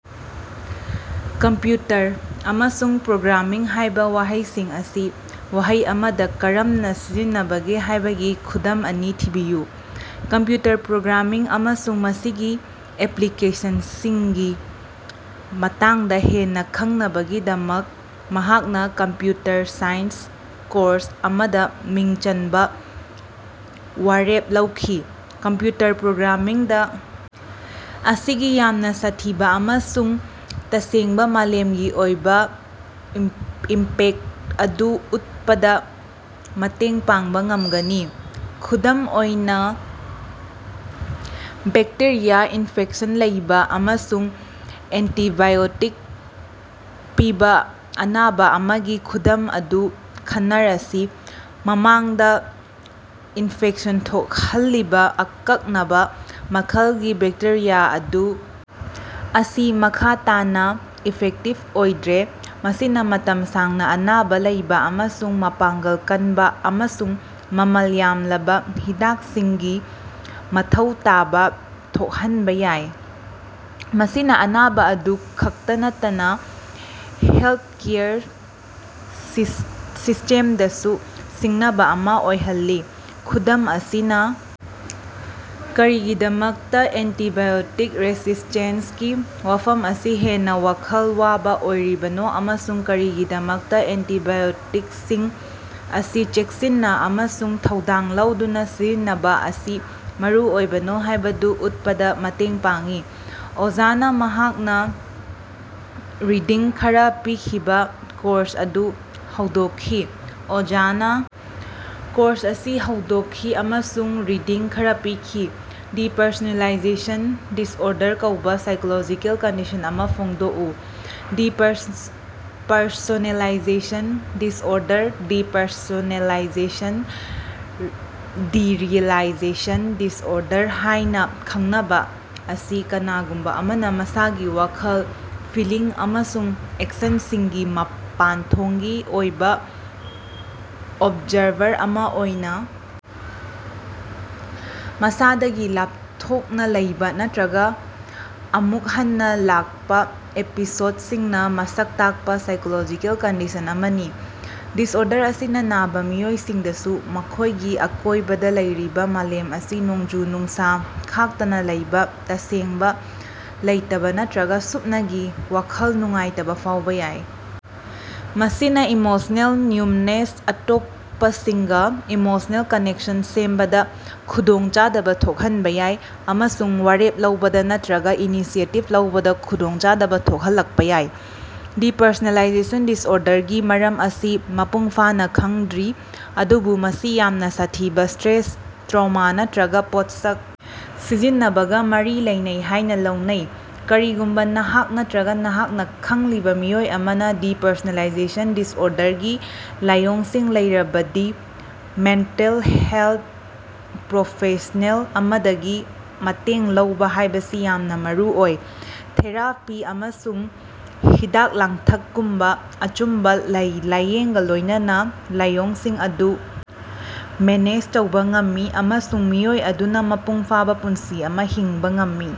"Computer" ꯑꯃꯁꯨꯡ "programming" ꯍꯥꯏꯕ ꯋꯥꯍꯩꯁꯤꯡ ꯑꯁꯤ ꯋꯥꯍꯩ ꯑꯃꯗ ꯀꯔꯝꯅ ꯁꯤꯖꯤꯟꯅꯕꯒꯦ ꯍꯥꯏꯕꯒꯤ ꯈꯨꯗꯝ ꯑꯅꯤ ꯊꯤꯕꯤꯌꯨ꯫ ꯀꯝꯄ꯭ꯌꯨꯇꯔ ꯄ꯭ꯔꯣꯒ꯭ꯔꯥꯃꯤꯡ ꯑꯃꯁꯨꯡ ꯃꯁꯤꯒꯤ ꯑꯦꯄ꯭ꯂꯤꯀꯦꯁꯟꯁꯤꯡꯒꯤ ꯃꯇꯥꯡꯗ ꯍꯦꯟꯅ ꯈꯪꯅꯕꯒꯤꯗꯃꯛ ꯃꯍꯥꯛꯅ ꯀꯝꯄ꯭ꯌꯨꯇꯔ ꯁꯥꯏꯟꯁ ꯀꯣꯔꯁ ꯑꯃꯗ ꯃꯤꯡ ꯆꯟꯕ ꯋꯥꯔꯦꯞ ꯂꯧꯈꯤ꯫ ꯀꯝꯄ꯭ꯌꯨꯇꯔ ꯄ꯭ꯔꯣꯒ꯭ꯔꯥꯃꯤꯡꯗ ꯑꯁꯤꯒꯤ ꯌꯥꯝꯅ ꯁꯥꯊꯤꯕ ꯑꯃꯁꯨꯡ ꯇꯁꯦꯡꯕ ꯃꯥꯂꯦꯝꯒꯤ ꯑꯣꯏꯕ ꯏꯝ ꯏꯝꯄꯦꯛ ꯑꯗꯨ ꯎꯠꯄꯗ ꯃꯇꯦꯡ ꯄꯥꯡꯕ ꯉꯝꯒꯅꯤ꯫ ꯈꯨꯗꯝ ꯑꯣꯏꯅ ꯕꯦꯛꯇꯦꯔꯤꯌꯥ ꯏꯟꯐꯦꯛꯁꯟ ꯂꯩꯕ ꯑꯃꯁꯨꯡ ꯑꯦꯟꯇꯤꯕꯥꯏꯑꯣꯇꯤꯛ ꯄꯤꯕ ꯑꯅꯥꯕ ꯑꯃꯒꯤ ꯈꯨꯗꯝ ꯑꯗꯨ ꯈꯟꯅꯔꯁꯤ꯫ ꯃꯃꯥꯡꯗ ꯏꯟꯐꯦꯛꯁꯟ ꯊꯣꯛꯍꯜꯂꯤꯕ ꯑꯀꯛꯅꯕ ꯃꯈꯜꯒꯤ ꯕꯦꯛꯇꯦꯔꯤꯌꯥ ꯑꯗꯨ ꯑꯁꯤ ꯃꯈꯥ ꯇꯥꯅ ꯏꯐꯦꯛꯇꯤꯕ ꯑꯣꯏꯗ꯭ꯔꯦ꯫ ꯃꯁꯤꯅ ꯃꯇꯝ ꯁꯥꯡꯅ ꯑꯅꯥꯕ ꯂꯩꯕ ꯑꯃꯁꯨꯡ ꯃꯄꯥꯡꯒꯜ ꯀꯟꯕ ꯑꯃꯁꯨꯡ ꯃꯃꯜ ꯌꯥꯝꯂꯕ ꯍꯤꯗꯥꯛꯁꯤꯡꯒꯤ ꯃꯊꯧ ꯇꯥꯕ ꯊꯣꯛꯍꯟꯕ ꯌꯥꯏ꯫ ꯃꯁꯤꯅ ꯑꯅꯥꯕ ꯑꯗꯨ ꯈꯛꯇ ꯅꯠꯇꯅ ꯍꯦꯜꯊꯀꯦꯌꯔ ꯁꯤꯁ ꯁꯤꯁꯇꯦꯝꯗꯁꯨ ꯁꯤꯡꯅꯕ ꯑꯃ ꯑꯣꯏꯍꯜꯂꯤ꯫ ꯈꯨꯗꯝ ꯑꯁꯤꯅ ꯀꯔꯤꯒꯤꯗꯃꯛꯇ ꯑꯦꯟꯇꯤꯕꯥꯏꯑꯣꯇꯤꯛ ꯔꯦꯁꯤꯁ꯭ꯇꯦꯟꯁꯀꯤ ꯋꯥꯐꯝ ꯑꯁꯤ ꯍꯦꯟꯅ ꯋꯥꯈꯜ ꯋꯥꯕ ꯑꯣꯏꯔꯤꯕꯅꯣ ꯑꯃꯁꯨꯡ ꯀꯔꯤꯒꯤꯗꯃꯛꯇ ꯑꯦꯟꯇꯤꯕꯥꯏꯑꯣꯇꯤꯛꯁꯤꯡ ꯑꯁꯤ ꯆꯦꯛꯁꯤꯟꯅ ꯑꯃꯁꯨꯡ ꯊꯧꯗꯥꯡ ꯂꯧꯗꯨꯅ ꯁꯤꯖꯤꯟꯅꯕ ꯑꯁꯤ ꯃꯔꯨꯑꯣꯏꯕꯅꯣ ꯍꯥꯏꯕꯗꯨ ꯎꯠꯄꯗ ꯃꯇꯦꯡ ꯄꯥꯡꯏ꯫ ꯑꯣꯖꯥꯅ ꯃꯍꯥꯛꯅ ꯔꯤꯗꯤꯡ ꯈꯔ ꯄꯤꯈꯤꯕ ꯀꯣꯔꯁ ꯑꯗꯨ ꯍꯧꯗꯣꯛꯈꯤ꯫ ꯑꯣꯖꯥꯅꯥ ꯀꯣꯔꯁ ꯑꯁꯤ ꯍꯧꯗꯣꯛꯈꯤ ꯑꯃꯁꯨꯡ ꯔꯤꯗꯤꯡ ꯈꯔ ꯄꯤꯈꯤ꯫ "ꯗꯤꯄꯔꯁꯣꯅꯦꯂꯥꯏꯖꯦꯁꯟ ꯗꯤꯁꯑꯣꯔꯗꯔ" ꯀꯧꯕ ꯁꯥꯏꯀꯣꯂꯣꯖꯤꯀꯦꯜ ꯀꯟꯗꯤꯁꯟ ꯑꯃ ꯐꯣꯡꯗꯣꯛꯎ꯫ Depersonalization disorder, depersonalization derealization disorder ꯍꯥꯢꯅ ꯈꯪꯅꯕ ꯑꯁꯤ, ꯀꯅꯥꯒꯨꯝꯕ ꯑꯃꯅ ꯃꯁꯥꯒꯤ ꯋꯥꯈꯜ, ꯐꯤꯜꯂꯤꯡ ꯑꯃꯁꯨꯡ ꯑꯦꯛꯁꯟꯁꯤꯡꯒꯤ ꯃꯄꯥꯟꯊꯣꯡꯒꯤ ꯑꯣꯏꯕ ꯑꯣꯕꯖꯥꯔꯚꯔ ꯑꯃ ꯑꯣꯏꯅ, ꯃꯁꯥꯗꯒꯤ ꯂꯥꯞꯊꯣꯛꯅ ꯂꯩꯕ ꯅꯠꯇ꯭ꯔꯒ ꯑꯃꯨꯛ ꯍꯟꯅ ꯂꯥꯛꯄ ꯑꯦꯄꯤꯁꯣꯗꯁꯤꯡꯅꯥ ꯃꯁꯛ ꯇꯥꯛꯄ ꯁꯥꯏꯀꯣꯂꯣꯖꯤꯀꯦꯜ ꯀꯟꯗꯤꯁꯟ ꯑꯃꯅꯤ꯫ ꯗꯤꯁꯑꯣꯔꯗꯔ ꯑꯁꯤꯅ ꯅꯥꯕ ꯃꯤꯑꯣꯏꯁꯤꯡꯗꯁꯨ ꯃꯈꯣꯏꯒꯤ ꯑꯀꯣꯏꯕꯗ ꯂꯩꯔꯤꯕ ꯃꯥꯂꯦꯝ ꯑꯁꯤ ꯅꯣꯡꯖꯨ-ꯅꯨꯡꯁꯥ ꯈꯥꯛꯇꯅ ꯂꯩꯕ ꯇꯁꯦꯡꯕ ꯂꯩꯇꯕ ꯅꯠꯇ꯭ꯔꯒ ꯁꯨꯞꯅꯒꯤ ꯋꯥꯈꯜ ꯅꯨꯡꯉꯥꯏꯇꯕ ꯐꯥꯎꯕ ꯌꯥꯏ꯫ ꯃꯁꯤꯅ ꯏꯃꯣꯁꯅꯦꯜ ꯅ꯭ꯌꯨꯝꯕꯅꯦꯁ, ꯑꯇꯣꯞꯄꯁꯤꯡꯒ ꯏꯃꯣꯁꯅꯦꯜ ꯀꯅꯦꯛꯁꯟ ꯁꯦꯝꯕꯗ ꯈꯨꯗꯣꯡꯆꯥꯗꯕ ꯊꯣꯛꯍꯟꯕ ꯌꯥꯏ꯫ ꯑꯃꯁꯨꯡ ꯋꯥꯔꯦꯞ ꯂꯧꯕꯗ ꯅꯠꯇ꯭ꯔꯒ ꯏꯅꯤꯁꯤꯑꯦꯇꯤꯚ ꯂꯧꯕꯗ ꯈꯨꯗꯣꯡꯆꯥꯗꯕ ꯊꯣꯛꯍꯜꯂꯛꯄ ꯌꯥꯏ꯫ ꯗꯤꯄꯔꯁꯣꯅꯦꯂꯥꯏꯖꯦꯁꯟ ꯗꯤꯁꯑꯣꯔꯗꯔꯒꯤ ꯃꯔꯝ ꯑꯁꯤ ꯃꯄꯨꯡꯐꯥꯅ ꯈꯪꯗ꯭ꯔꯤ꯫ ꯑꯗꯨꯕꯨ ꯃꯁꯤ ꯌꯥꯝꯅ ꯁꯥꯊꯤꯕ ꯁ꯭ꯇꯔꯦꯁ, ꯇ꯭ꯔꯣꯃ ꯅꯠꯇ꯭ꯔꯒ ꯄꯣꯠꯁꯛ ꯁꯤꯖꯤꯟꯅꯕꯒ ꯃꯔꯤ ꯂꯩꯅꯩ ꯍꯥꯏꯅ ꯂꯧꯅꯩ꯫ ꯀꯔꯤꯒꯨꯝꯕ ꯅꯍꯥꯛ ꯅꯠꯇ꯭ꯔꯒ ꯅꯍꯥꯛꯅ ꯈꯪꯂꯤꯕ ꯃꯤꯑꯣꯏ ꯑꯃꯅ ꯗꯤꯄꯔꯁꯣꯅꯦꯂꯥꯏꯖꯦꯁꯟ ꯗꯤꯁꯑꯣꯔꯗꯔꯒꯤ ꯂꯥꯏꯑꯣꯡꯁꯤꯡ ꯂꯩꯔꯕꯗꯤ ꯃꯦꯟꯇꯦꯜ ꯍꯦꯂꯊ ꯄ꯭ꯔꯣꯐꯦꯁꯅꯦꯜ ꯑꯃꯗꯒꯤ ꯃꯇꯦꯡ ꯂꯧꯕ ꯍꯥꯏꯕꯁꯤ ꯌꯥꯝꯅ ꯃꯔꯨꯑꯣꯏ꯫ ꯊꯦꯔꯥꯄꯤ ꯑꯃꯁꯨꯡ ꯍꯤꯗꯥꯛ-ꯂꯥꯡꯊꯛꯀꯨꯝꯕ ꯑꯆꯨꯝꯕ ꯂꯩ ꯂꯥꯏꯌꯦꯡꯒ ꯂꯣꯏꯅꯅ ꯂꯥꯏꯑꯣꯡꯁꯤꯡ ꯑꯗꯨ ꯃꯦꯅꯦꯖ ꯇꯧꯕ ꯉꯝꯃꯤ꯫ ꯑꯃꯁꯨꯡ ꯃꯤꯑꯣꯏ ꯑꯗꯨꯅ ꯃꯄꯨꯡꯐꯥꯕ ꯄꯨꯟꯁꯤ ꯑꯃ ꯍꯤꯡꯕ ꯉꯝꯃꯤ꯫